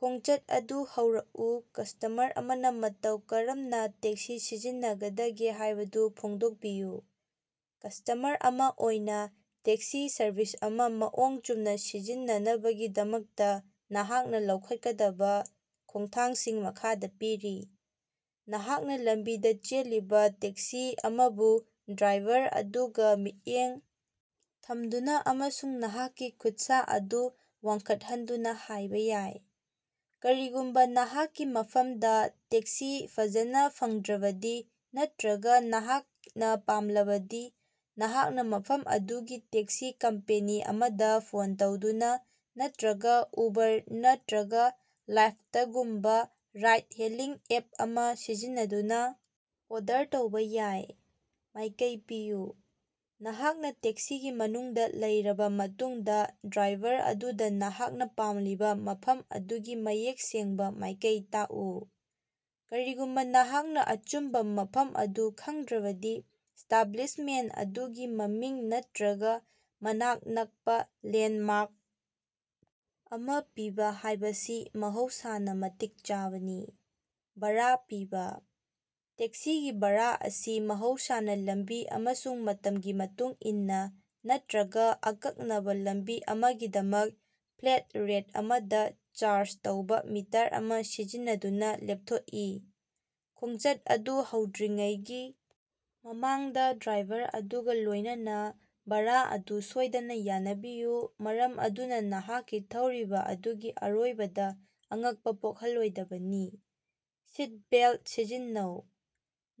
ꯈꯣꯡꯆꯠ ꯑꯗꯨ ꯍꯧꯔꯛꯎ ꯀꯁꯇꯃꯔ ꯑꯃꯅ ꯃꯇꯧ ꯀꯔꯝꯅꯥ ꯇꯦꯛꯁꯤ ꯁꯤꯖꯤꯟꯅꯒꯗꯒꯦ ꯍꯥꯢꯕꯗꯨ ꯐꯣꯡꯗꯣꯛꯄꯤꯌꯨ꯫ ꯀꯁꯇꯃꯔ ꯑꯃ ꯑꯣꯏꯅ ꯇꯦꯛꯁꯤ ꯁꯔꯚꯤꯁ ꯑꯃ ꯃꯑꯣꯡ ꯆꯨꯝꯅ ꯁꯤꯖꯤꯟꯅꯅꯕꯒꯤꯗꯃꯛꯇ ꯅꯍꯥꯛꯅ ꯂꯧꯈꯠꯀꯗꯕ ꯈꯣꯡꯊꯥꯡꯁꯤꯡ ꯃꯈꯥꯗꯥ ꯄꯤꯔꯤ: ꯅꯍꯥꯛꯅ ꯂꯝꯕꯤꯗ ꯆꯦꯜꯂꯤꯕ ꯇꯦꯛꯁꯤ ꯑꯃꯕꯨ ꯗ꯭ꯔꯥꯏꯚꯔ ꯑꯗꯨꯒ ꯃꯤꯠꯌꯦꯡ ꯊꯝꯗꯨꯅ ꯑꯃꯁꯨꯡ ꯅꯍꯥꯛꯀꯤ ꯈꯨꯠꯁꯥ ꯑꯗꯨ ꯋꯥꯡꯈꯠꯍꯟꯗꯨꯅ ꯍꯥꯢꯕ ꯌꯥꯏ꯫ ꯀꯔꯤꯒꯨꯝꯕꯥ ꯅꯍꯥꯛꯀꯤ ꯃꯐꯝꯗꯥ ꯇꯦꯛꯁꯤ ꯐꯖꯅꯥ ꯐꯪꯗ꯭ꯔꯕꯗꯤ ꯅꯠꯇ꯭ꯔꯒ ꯅꯍꯥꯛꯅ ꯄꯥꯝꯂꯕꯗꯤ ꯅꯍꯥꯛꯅ ꯃꯐꯝ ꯑꯗꯨꯒꯤ ꯇꯦꯛꯁꯤ ꯀꯝꯄꯦꯅꯤ ꯑꯃꯗ ꯐꯣꯟ ꯇꯧꯗꯨꯅ ꯅꯠꯇ꯭ꯔꯒ ꯎꯕꯔ ꯅꯠꯇ꯭ꯔꯒ ꯂꯥꯏꯐꯇꯒꯨꯝꯕ ꯔꯥꯏꯗ-ꯍꯦꯂꯤꯡ ꯑꯦꯞ ꯑꯃ ꯁꯤꯖꯤꯟꯅꯗꯨꯅ ꯑꯣꯔꯗꯔ ꯇꯧꯕꯥ ꯌꯥꯏ꯫ ꯃꯥꯢꯀꯩ ꯄꯤꯌꯨ: ꯅꯍꯥꯛꯅ ꯇꯦꯛꯁꯤꯒꯤ ꯃꯅꯨꯡꯗ ꯂꯩꯔꯕ ꯃꯇꯨꯡꯗ ꯗ꯭ꯔꯥꯏꯚꯔ ꯑꯗꯨꯗ ꯅꯍꯥꯛꯅ ꯄꯥꯝꯂꯤꯕ ꯃꯐꯝ ꯑꯗꯨꯒꯤ ꯃꯌꯦꯛ ꯁꯦꯡꯕ ꯃꯥꯢꯀꯩ ꯇꯥꯛꯎ꯫ ꯀꯔꯤꯒꯨꯝꯕ ꯅꯍꯥꯛꯅ ꯑꯆꯨꯝꯕ ꯃꯐꯝ ꯑꯗꯨ ꯈꯪꯗ꯭ꯔꯕꯗꯤ ꯏꯁꯇꯥꯕ꯭ꯂꯤꯁꯃꯦꯟꯇ ꯑꯗꯨꯒꯤ ꯃꯃꯤꯡ ꯅꯠꯇ꯭ꯔꯒ ꯃꯅꯥꯛ ꯅꯛꯄꯥ ꯂꯦꯟꯗꯃꯥꯔꯛ ꯑꯃ ꯄꯤꯕ ꯍꯥꯢꯕꯁꯤ ꯃꯍꯧꯁꯥꯅ ꯃꯇꯤꯛ ꯆꯥꯕꯅꯤ꯫ ꯚꯥꯔꯥ ꯄꯤꯕ: ꯇꯦꯛꯁꯤꯒꯤ ꯚꯥꯔꯥ ꯑꯁꯤ ꯃꯍꯧꯁꯥꯅ ꯂꯝꯕꯤ ꯑꯃꯁꯨꯡ ꯃꯇꯝꯒꯤ ꯃꯇꯨꯡ ꯏꯟꯅ ꯅꯠꯇ꯭ꯔꯒ ꯑꯀꯛꯅꯕ ꯂꯝꯕꯤ ꯑꯃꯒꯤꯗꯃꯛ ꯐ꯭ꯂꯦꯠ ꯔꯦꯠ ꯑꯃꯗ ꯆꯥꯔꯖ ꯇꯧꯕ ꯃꯤꯇꯔ ꯑꯃ ꯁꯤꯖꯤꯟꯅꯗꯨꯅ ꯂꯦꯞꯊꯣꯛꯏ꯫ ꯈꯣꯡꯆꯠ ꯑꯗꯨ ꯍꯧꯗ꯭ꯔꯤꯉꯩꯒꯤ ꯃꯃꯥꯡꯗ ꯗ꯭ꯔꯥꯏꯚꯔ ꯑꯗꯨꯒ ꯂꯣꯢꯅꯅꯥ ꯚꯥꯔꯥ ꯑꯗꯨ ꯁꯣꯢꯗꯅ ꯌꯥꯅꯕꯤꯎ ꯃꯔꯝ ꯑꯗꯨꯅ ꯅꯍꯥꯛꯅ ꯊꯧꯔꯤꯕ ꯑꯗꯨꯒꯤ ꯑꯔꯣꯏꯕꯗ ꯑꯉꯛꯄ ꯄꯣꯛꯍꯜꯂꯣꯏꯗꯕꯅꯤ꯫ ꯁꯤꯇꯕꯦꯜꯇ ꯁꯤꯖꯤꯟꯅꯧ: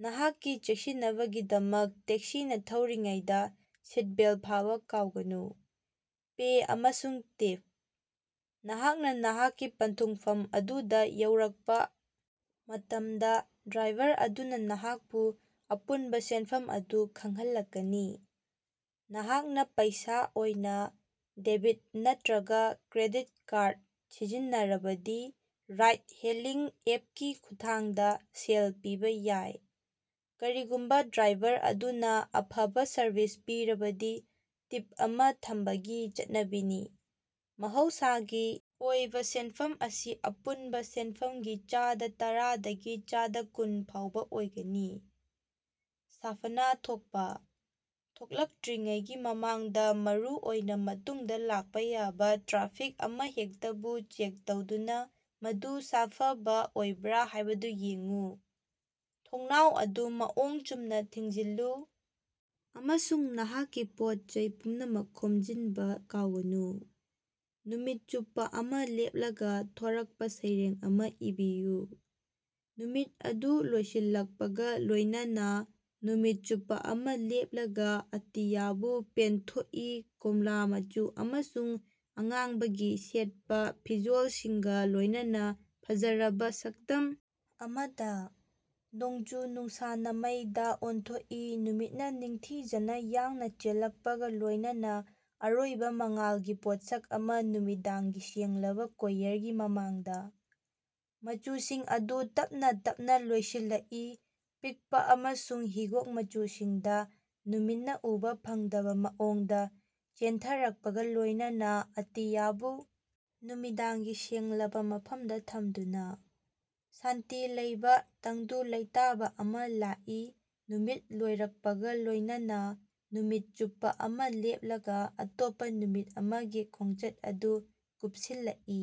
ꯅꯍꯥꯛꯀꯤ ꯆꯦꯛꯁꯤꯟꯅꯕꯒꯤꯗꯃꯛ ꯇꯦꯛꯁꯤꯅ ꯊꯧꯔꯤꯉꯩꯗꯥ ꯁꯤꯠꯕꯦꯜ ꯐꯥꯕ ꯀꯥꯎꯒꯅꯨ꯫ ꯄꯦ ꯑꯃꯁꯨꯡ ꯇꯤꯞ: ꯅꯍꯥꯛꯅ ꯅꯍꯥꯛꯀꯤ ꯄꯟꯊꯨꯡꯐꯝ ꯑꯗꯨꯗ ꯌꯧꯔꯛꯄ ꯃꯇꯝꯗ ꯗ꯭ꯔꯥꯏꯚꯔ ꯑꯗꯨꯅ ꯅꯍꯥꯛꯄꯨ ꯑꯄꯨꯟꯕ ꯁꯦꯟꯐꯝ ꯑꯗꯨ ꯈꯪꯍꯜꯂꯛꯀꯅꯤ꯫ ꯅꯍꯥꯛꯅ ꯄꯩꯁꯥ ꯑꯣꯏꯅ, ꯗꯦꯕꯤꯠ ꯅꯠꯇ꯭ꯔꯒ ꯀ꯭ꯔꯦꯗꯤꯠ ꯀꯥꯔꯗ ꯁꯤꯖꯤꯟꯅꯔꯕꯗꯤ ꯔꯥꯏꯗ-ꯍꯦꯂꯤꯡ ꯑꯦꯞꯀꯤ ꯈꯨꯠꯊꯥꯡꯗ ꯁꯦꯜ ꯄꯤꯕ ꯌꯥꯏ꯫ ꯀꯔꯤꯒꯨꯝꯕ ꯗ꯭ꯔꯥꯏꯚꯔ ꯑꯗꯨꯅ ꯑꯐꯕ ꯁꯔꯚꯤꯁ ꯄꯤꯔꯕꯗꯤ ꯇꯤꯞ ꯑꯃ ꯊꯝꯕꯒꯤ ꯆꯠꯅꯕꯤꯅꯤ꯫ ꯃꯍꯧꯁꯥꯒꯤ ꯑꯣꯏꯕ ꯁꯦꯟꯐꯝ ꯑꯁꯤ ꯑꯄꯨꯟꯕ ꯁꯦꯟꯐꯝꯒꯤ ꯆꯥꯗ ꯇꯔꯥꯗꯒꯤ ꯆꯥꯗ ꯀꯨꯟ ꯐꯥꯎꯕ ꯑꯣꯏꯒꯅꯤ꯫ ꯁꯥꯐꯅꯥ ꯊꯣꯛꯄ: ꯊꯣꯛꯂꯛꯇ꯭ꯔꯤꯉꯩꯒꯤ ꯃꯃꯥꯡꯗ ꯃꯔꯨꯑꯣꯏꯅ ꯃꯇꯨꯡꯗ ꯂꯥꯛꯄ ꯌꯥꯕ ꯇ꯭ꯔꯥꯐꯤꯛ ꯑꯃꯍꯦꯛꯇꯕꯨ ꯆꯦꯛ ꯇꯧꯗꯨꯅ ꯃꯗꯨ ꯁꯥꯐꯕ ꯑꯣꯏꯕ꯭ꯔꯥ ꯍꯥꯢꯕꯗꯨ ꯌꯦꯡꯎ꯫ ꯊꯣꯡꯅꯥꯎ ꯑꯗꯨ ꯃꯑꯣꯡ ꯆꯨꯝꯅ ꯊꯤꯡꯖꯤꯜꯂꯨ ꯑꯃꯁꯨꯡ ꯅꯍꯥꯛꯀꯤ ꯄꯣꯠ-ꯆꯩ ꯄꯨꯝꯅꯃꯛ ꯈꯣꯝꯖꯤꯟꯕ ꯀꯥꯎꯒꯅꯨ꯫ ꯅꯨꯃꯤꯠ ꯆꯨꯞꯄ ꯑꯃ ꯂꯦꯞꯂꯒ ꯊꯣꯔꯛꯄ ꯁꯩꯔꯦꯡ ꯑꯃ ꯏꯕꯤꯌꯨ꯫ ꯅꯨꯃꯤꯠ ꯑꯗꯨ ꯂꯣꯏꯁꯤꯜꯂꯛꯄꯒ ꯂꯣꯢꯅꯅꯥ ꯅꯨꯃꯤꯠ ꯆꯨꯞꯄ ꯑꯃ ꯂꯦꯞꯂꯒ ꯑꯇꯤꯌꯥꯕꯨ ꯄꯦꯟꯊꯣꯛꯏ ꯀꯣꯝꯂꯥ ꯃꯆꯨ ꯑꯃꯁꯨꯡ ꯑꯉꯥꯡꯕꯒꯤ ꯁꯦꯠꯄ ꯐꯤꯖꯣꯜꯁꯤꯡꯒ ꯂꯣꯢꯅꯅꯥ ꯐꯖꯔꯕ ꯁꯛꯇꯝ ꯑꯃꯗ꯫ ꯅꯣꯡꯖꯨ-ꯅꯨꯡꯁꯥꯅ ꯃꯩꯗꯥ ꯑꯣꯟꯊꯣꯛꯏ ꯅꯨꯃꯤꯠꯅ ꯅꯤꯡꯊꯤꯖꯅ ꯌꯥꯡꯅ ꯆꯦꯜꯂꯛꯄꯒ ꯂꯣꯢꯅꯅꯥ ꯑꯔꯣꯏꯕ ꯃꯉꯥꯜꯒꯤ ꯄꯣꯠꯁꯛ ꯑꯃ ꯅꯨꯃꯤꯗꯥꯡꯒꯤ ꯁꯦꯡꯂꯕ ꯀꯣꯌꯔꯒꯤ ꯃꯃꯥꯡꯗ꯫ ꯃꯆꯨꯁꯤꯡ ꯑꯗꯨ ꯇꯞꯅ ꯇꯞꯅ ꯂꯣꯏꯁꯤꯜꯂꯛꯏ ꯄꯤꯛꯄ ꯑꯃꯁꯨꯡ ꯍꯤꯒꯣꯛ ꯃꯆꯨꯁꯤꯡꯗ ꯅꯨꯃꯤꯠꯅ ꯎꯕ ꯐꯪꯗꯕ ꯃꯑꯣꯡꯗ ꯆꯦꯟꯊꯔꯛꯄꯒ ꯂꯣꯢꯅꯅꯥ ꯑꯇꯤꯌꯥꯕꯨ ꯅꯨꯃꯤꯗꯥꯡꯒꯤ ꯁꯦꯡꯂꯕ ꯃꯐꯝꯗ ꯊꯝꯗꯨꯅ꯫ ꯁꯥꯟꯇꯤ ꯂꯩꯕꯥ ꯇꯪꯗꯨ ꯂꯩꯇꯥꯕꯥ ꯑꯃ ꯂꯥꯛꯏ ꯅꯨꯃꯤꯠ ꯂꯣꯏꯔꯛꯄꯒ ꯂꯣꯢꯅꯅꯥ ꯅꯨꯃꯤꯠ ꯆꯨꯞꯄ ꯑꯃ ꯂꯦꯞꯂꯒ ꯑꯇꯣꯞꯄ ꯅꯨꯃꯤꯠ ꯑꯃꯒꯤ ꯈꯣꯡꯆꯠ ꯑꯗꯨ ꯀꯨꯞꯁꯤꯜꯂꯛꯏ꯫